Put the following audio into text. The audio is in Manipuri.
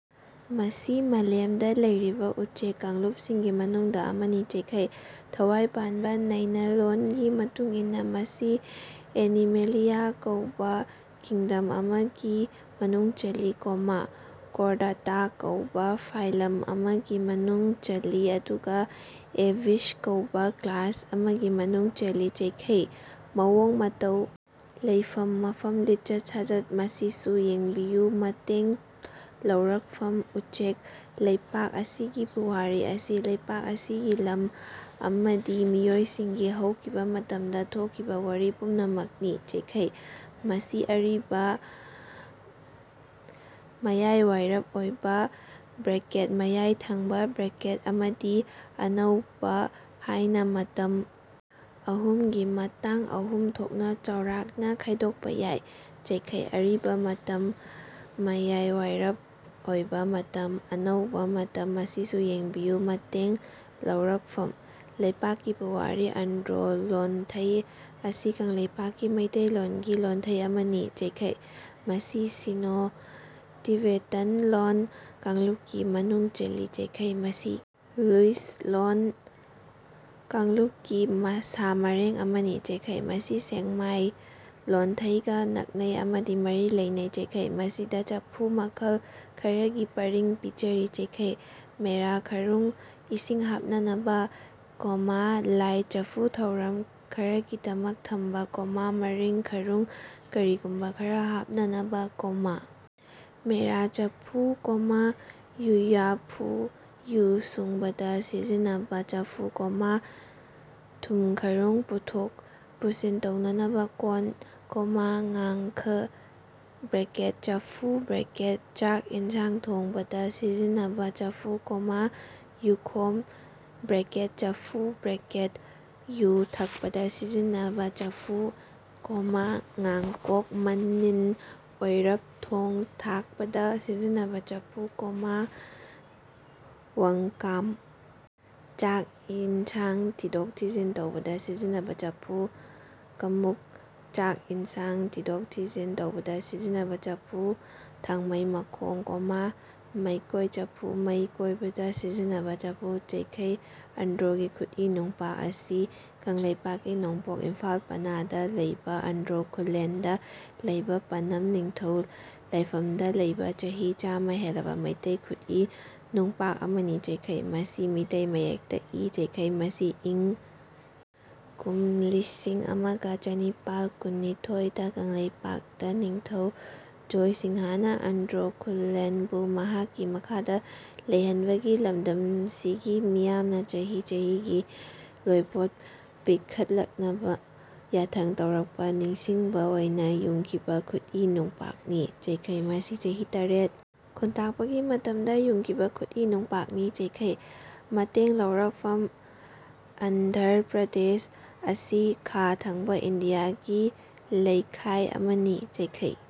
ꯃꯁꯤ ꯃꯥꯂꯦꯝꯗ ꯂꯩꯔꯤꯕ ꯎꯆꯦꯛ ꯀꯥꯡꯂꯨꯞꯁꯤꯡꯒꯤ ꯃꯅꯨꯡꯗ ꯑꯃꯅꯤ꯫ ꯊꯋꯥꯢ ꯄꯥꯟꯕ ꯅꯩꯅꯂꯣꯟꯒꯤ ꯃꯇꯨꯡꯏꯟꯅ ꯃꯁꯤ ꯑꯦꯅꯤꯃꯦꯂꯤꯌꯥ ꯀꯧꯕ ꯀꯤꯡꯗꯝ ꯑꯃꯒꯤ ꯃꯅꯨꯡ ꯆꯜꯂꯤ, ꯀꯣꯔꯗꯥꯇꯥ ꯀꯧꯕ ꯐꯥꯢꯂꯝ ꯑꯃꯒꯤ ꯃꯅꯨꯡ ꯆꯜꯂꯤ ꯑꯗꯨꯒ ꯑꯦꯚꯤꯁ ꯀꯧꯕ ꯀ꯭ꯂꯥꯁ ꯑꯃꯒꯤ ꯃꯅꯨꯡ ꯆꯜꯂꯤ꯫ ꯃꯑꯣꯡ ꯃꯇꯧ ꯂꯩꯐꯝ ꯃꯐꯝ ꯂꯤꯆꯠ ꯁꯥꯆꯠ ꯃꯁꯤꯁꯨ ꯌꯦꯡꯕꯤꯌꯨ ꯃꯇꯦꯡ ꯂꯧꯔꯛꯐꯝ ꯎꯆꯦꯛ ꯂꯩꯄꯥꯛ ꯑꯁꯤꯒꯤ ꯄꯨꯋꯥꯔꯤ ꯑꯁꯤ ꯂꯩꯄꯥꯛ ꯑꯁꯤꯒꯤ ꯂꯝ ꯑꯃꯗꯤ ꯃꯤꯑꯣꯢꯁꯤꯡꯒꯤ ꯍꯧꯈꯤꯕ ꯃꯇꯝꯗ ꯊꯣꯛꯈꯤꯕ ꯋꯥꯔꯤ ꯄꯨꯝꯅꯃꯛꯅꯤ꯫ ꯃꯁꯤ ꯑꯔꯤꯕ, ꯃꯌꯥꯢꯋꯥꯢꯔꯞ ꯑꯣꯢꯕ (ꯃꯌꯥꯢ ꯊꯪꯕ) ꯑꯃꯗꯤ ꯑꯅꯧꯕ ꯍꯥꯢꯅ ꯃꯇꯝ ꯑꯍꯨꯝꯒꯤ ꯃꯇꯥꯡ ꯑꯍꯨꯝ ꯊꯣꯛꯅ ꯆꯥꯎꯔꯥꯛꯅ ꯈꯥꯢꯗꯣꯛꯄ ꯌꯥꯢ꯫ ꯑꯔꯤꯕ ꯃꯇꯝ ꯃꯌꯥꯢꯋꯥꯢꯔꯞ ꯑꯣꯢꯕ ꯃꯇꯝ ꯑꯅꯧꯕ ꯃꯇꯝ ꯃꯁꯤꯁꯨ ꯌꯦꯡꯕꯤꯌꯨ ꯃꯇꯦꯡ ꯂꯧꯔꯛꯐꯝ:ꯂꯩꯄꯥꯛꯀꯤ ꯄꯨꯋꯥꯔꯤ ꯑꯟꯗ꯭ꯔꯣ ꯂꯣꯟꯊꯩ ꯑꯁꯤ ꯀꯪꯂꯩꯄꯥꯛꯀꯤ ꯃꯤꯇꯩꯂꯣꯟꯒꯤ ꯂꯣꯟꯊꯩ ꯑꯃꯅꯤ꯫ ꯃꯁꯤ ꯁꯤꯅꯣ-ꯇꯤꯕꯦꯇꯥꯟ ꯂꯣꯟ ꯀꯥꯡꯂꯨꯞꯀꯤ ꯃꯅꯨꯡ ꯆꯜꯂꯤ꯫ ꯃꯁꯤ ꯂꯨꯏꯁ ꯂꯣꯟ ꯀꯥꯡꯂꯨꯞꯀꯤ ꯃꯁꯥ ꯃꯔꯦꯡ ꯑꯃꯅꯤ꯫ ꯃꯁꯤ ꯁꯦꯡꯃꯥꯢ ꯂꯣꯟꯊꯩꯒ ꯅꯛꯅꯩ ꯑꯃꯗꯤ ꯃꯔꯤ ꯂꯩꯅꯩ꯫ ꯃꯁꯤꯗ ꯆꯐꯨ ꯃꯈꯜ ꯈꯔꯒꯤ ꯄꯔꯤꯡ ꯄꯤꯖꯔꯤ꯫ ꯃꯦꯔꯥ ꯈꯔꯨꯡ ꯏꯁꯤꯡ ꯍꯥꯞꯅꯅꯕ, ꯂꯥꯢ ꯆꯐꯨ ꯊꯧꯔꯝ ꯈꯔꯒꯤꯗꯃꯛ ꯊꯝꯕ, ꯃꯔꯤꯡ ꯈꯔꯨꯡ ꯀꯔꯤꯒꯨꯝꯕ ꯈꯔ ꯍꯥꯞꯅꯅꯕ, ꯃꯦꯔꯥ ꯆꯐꯨ, ꯌꯨꯌꯥꯐꯨ ꯌꯨ ꯁꯨꯡꯕꯗ ꯁꯤꯖꯤꯟꯅꯕ ꯆꯐꯨ, ꯊꯨꯝꯈꯔꯨꯡ ꯄꯨꯊꯣꯛ ꯄꯨꯁꯤꯟ ꯇꯧꯅꯅꯕ ꯀꯣꯟ, ꯉꯥꯡꯈ (ꯆꯐꯨ) ꯆꯥꯛ ꯏꯟꯁꯥꯡ ꯊꯣꯡꯕꯗ ꯁꯤꯖꯤꯟꯅꯕ ꯆꯐꯨ, ꯌꯨꯈꯣꯝ (ꯆꯐꯨ) ꯌꯨ ꯊꯛꯄꯗ ꯁꯤꯖꯤꯟꯅꯕ ꯆꯐꯨ, ꯉꯥꯡꯀꯣꯛ ꯃꯅꯤꯟ ꯑꯣꯢꯔꯞ ꯊꯣꯡ ꯊꯥꯛꯄꯗ ꯁꯤꯖꯤꯟꯅꯕ ꯆꯐꯨ, ꯋꯪꯀꯥꯝ ꯆꯥꯛ ꯏꯟꯁꯥꯡ ꯊꯤꯗꯣꯛ-ꯊꯤꯖꯤꯟ ꯇꯧꯕꯗ ꯁꯤꯖꯤꯟꯅꯕ ꯆꯐꯨ, ꯀꯃꯨꯛ ꯆꯥꯛ ꯏꯟꯁꯥꯡ ꯊꯤꯗꯣꯛ-ꯊꯤꯖꯤꯟ ꯇꯧꯕꯗ ꯁꯤꯖꯤꯟꯅꯕ ꯆꯐꯨ, ꯊꯥꯡꯃꯩ ꯃꯈꯣꯡ, ꯃꯩꯀꯣꯢ ꯆꯐꯨ ꯃꯩ ꯀꯣꯢꯕꯗ ꯁꯤꯖꯤꯟꯅꯕ ꯆꯐꯨ꯫ ꯑꯟꯗ꯭ꯔꯣꯒꯤ ꯈꯨꯠꯏ ꯅꯨꯡꯄꯥꯛ ꯑꯁꯤ ꯀꯪꯂꯩꯄꯥꯛ ꯀꯤ ꯅꯣꯡꯄꯣꯛ ꯏꯝꯐꯥꯜ ꯄꯅꯥꯗ ꯂꯩꯕ ꯑꯟꯗ꯭ꯔꯣ ꯈꯨꯜꯂꯦꯟꯗ ꯂꯩꯕ ꯄꯅꯝ ꯅꯤꯡꯊꯧ ꯂꯥꯢꯐꯝꯗ ꯂꯩꯕ ꯆꯍꯤ ꯆꯥꯃ ꯍꯦꯜꯂꯕ ꯃꯤꯇꯩ ꯈꯨꯠꯏ ꯅꯨꯡꯄꯥꯛ ꯑꯃꯅꯤ꯫ ꯃꯁꯤ ꯃꯤꯇꯩ ꯃꯌꯦꯛꯇ ꯏ꯫ ꯃꯁꯤ ꯏꯪ. ꯀꯨꯝꯂꯤꯁꯤꯡꯑꯃꯒ ꯆꯥꯅꯤꯄꯥꯜ ꯀꯨꯟꯅꯤꯊꯣꯢ ꯗ ꯀꯪꯂꯩꯄꯥꯛ ꯗ ꯅꯤꯡꯊꯧ ꯖꯣꯢ ꯁꯤꯡꯍꯅ ꯑꯟꯗ꯭ꯔꯣ ꯈꯨꯜꯂꯦꯟ ꯕꯨ ꯃꯍꯥꯛꯀꯤ ꯃꯈꯥꯗ ꯂꯩꯍꯟꯕꯒꯤ ꯂꯝꯗꯝꯁꯤꯒꯤ ꯃꯤꯌꯥꯝꯅ ꯆꯍꯤ ꯆꯍꯤ ꯒꯤ ꯂꯣꯢꯄꯣꯠ ꯄꯤꯈꯠꯂꯛꯅꯅꯕ ꯌꯥꯊꯪ ꯇꯥꯎꯊꯔꯛꯄ ꯅꯤꯡꯁꯤꯡꯕ ꯑꯣꯢꯅ ꯌꯨꯡꯈꯤꯕ ꯈꯨꯠꯏ ꯅꯨꯡꯄꯥꯛ ꯅꯤ꯫ ꯃꯁꯤ ꯆꯍꯤ ꯇꯔꯦꯠ ꯈꯨꯟꯇꯥꯛꯄꯒꯤ ꯃꯇꯝꯗ ꯌꯨꯡꯈꯤꯕ ꯈꯨꯠꯏ ꯅꯨꯡꯄꯥꯛ ꯅꯤ꯫ ꯃꯇꯦꯡ ꯂꯧꯔꯛꯐꯝ ꯑꯟꯙ꯭ꯔ ꯄ꯭ꯔꯗꯦꯁ ꯑꯁꯤ ꯈꯥ ꯊꯪꯕ ꯏꯟꯗꯤꯌꯥ ꯒꯤ ꯂꯩꯈꯥꯢ ꯑꯃꯅꯤ꯫